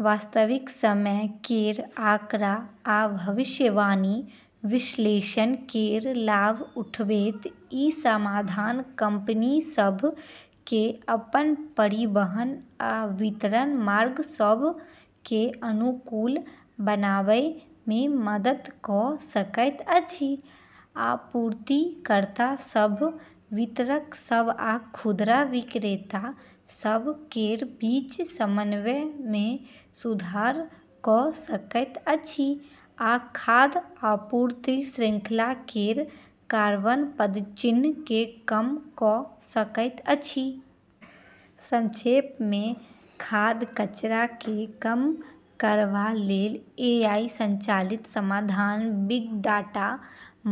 वास्तविक समय केर आँकड़ा आ भविष्यवाणी विश्लेषण केर लाभ उठबैत ई समाधान कंपनी सभ केँ अपन परिवहन आ वितरण मार्ग सभ केँ अनुकूल बनाबै मे मदद कऽ सकैत अछि, आपूर्तिकर्ता सभ, वितरक सभ आ खुदरा विक्रेता सभ केर बीच समन्वय मे सुधार कऽ सकैत अछि आ खाद्य आपूर्ति श्रृंखला केर कार्बन पदचिह्न केँ कम कऽ सकैत अछि। संक्षेप मे, खाद्य कचरा केँ कम करबा लेल एआई संचालित समाधान बिग डाटा,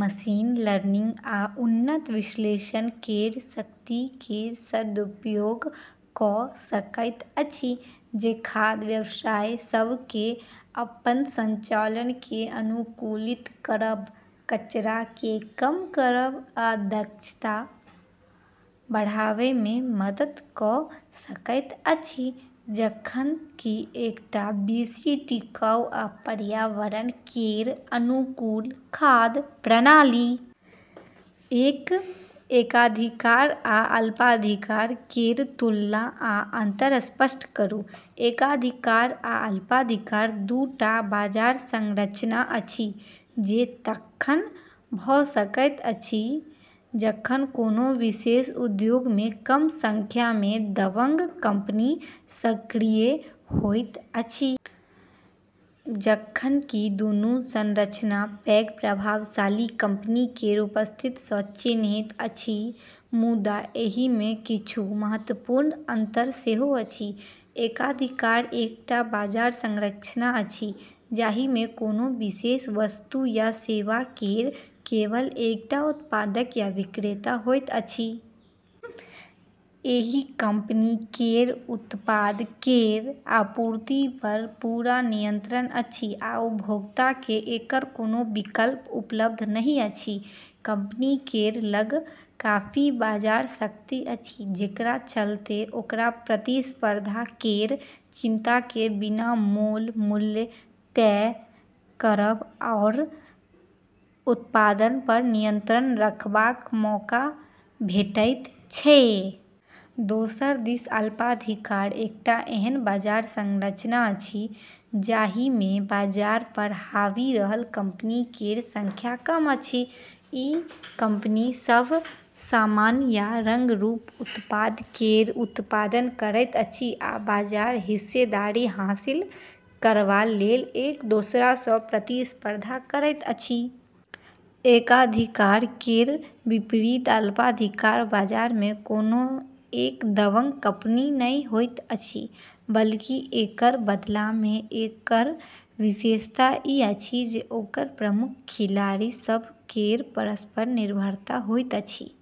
मशीन लर्निंग, आ उन्नत विश्लेषण केर शक्ति केर सदुपयोग कऽ सकैत अछि, जे खाद्य व्यवसाय सभ केँ अपन संचालन केँ अनुकूलित करब, कचरा केँ कम करब, आ दक्षता बढ़ाबै मे मदद कऽ सकैत अछि, जखन कि एकटा बेसि टिकाऊ आ पर्यावरण केर अनुकूल खाद्य प्रणाली। एक एकाधिकार आ अल्पाधिकार केर तुलना आ अंतर स्पष्ट करू। एकाधिकार आ अल्पाधिकार दू टा बाजार संरचना अछि जे तखन भऽ सकैत अछि जखन कोनो विशेष उद्योग मे कम संख्या मे दबंग कंपनी सक्रिय होइत अछि। जखन कि दुनू संरचना पैघ, प्रभावशाली कंपनी केर उपस्थिति सँ चिन्हित अछि, मुदा एहि मे किछु महत्वपूर्ण अंतर सेहो अछि। एकाधिकार एकटा बाजार संरचना अछि जाहि मे कोनो विशेष वस्तु या सेवा केर केवल एकटा उत्पादक या विक्रेता होइत अछि। एहि कंपनी केर उत्पाद केर आपूर्ति पर पूरा नियंत्रण अछि, आ उपभोक्ता केँ एकर कोनो विकल्प उपलब्ध नहि अछि। कंपनी केर लग काफी बाजार शक्ति अछि, जेकरा चलते ओकरा प्रतिस्पर्धा केर चिंता केँ बिना मोल मूल्य तय करब आओर उत्पादन पर नियंत्रण रखबाक मौका भेटैत छै। दोसर दिस अल्पाधिकार एकटा एहन बाजार संरचना अछि जाहि मे बाजार पर हावी रहल कंपनी केर संख्या कम अछि। ई कंपनी सभ समान या रंग-रूप उत्पाद केर उत्पादन करैत अछि आ बाजार हिस्सेदारी हासिल करबा लेल एक दोसरा सँ प्रतिस्पर्धा करैत अछि। एकाधिकार केर विपरीत अल्पाधिकार बाजार मे कोनो एक दबंग कंपनी नहि होइत अछि, बल्कि एकर बदला मे एकर विशेषता ई अछि जे ओकर प्रमुख खिलाड़ी सभ केर परस्पर निर्भरता होइत अछि।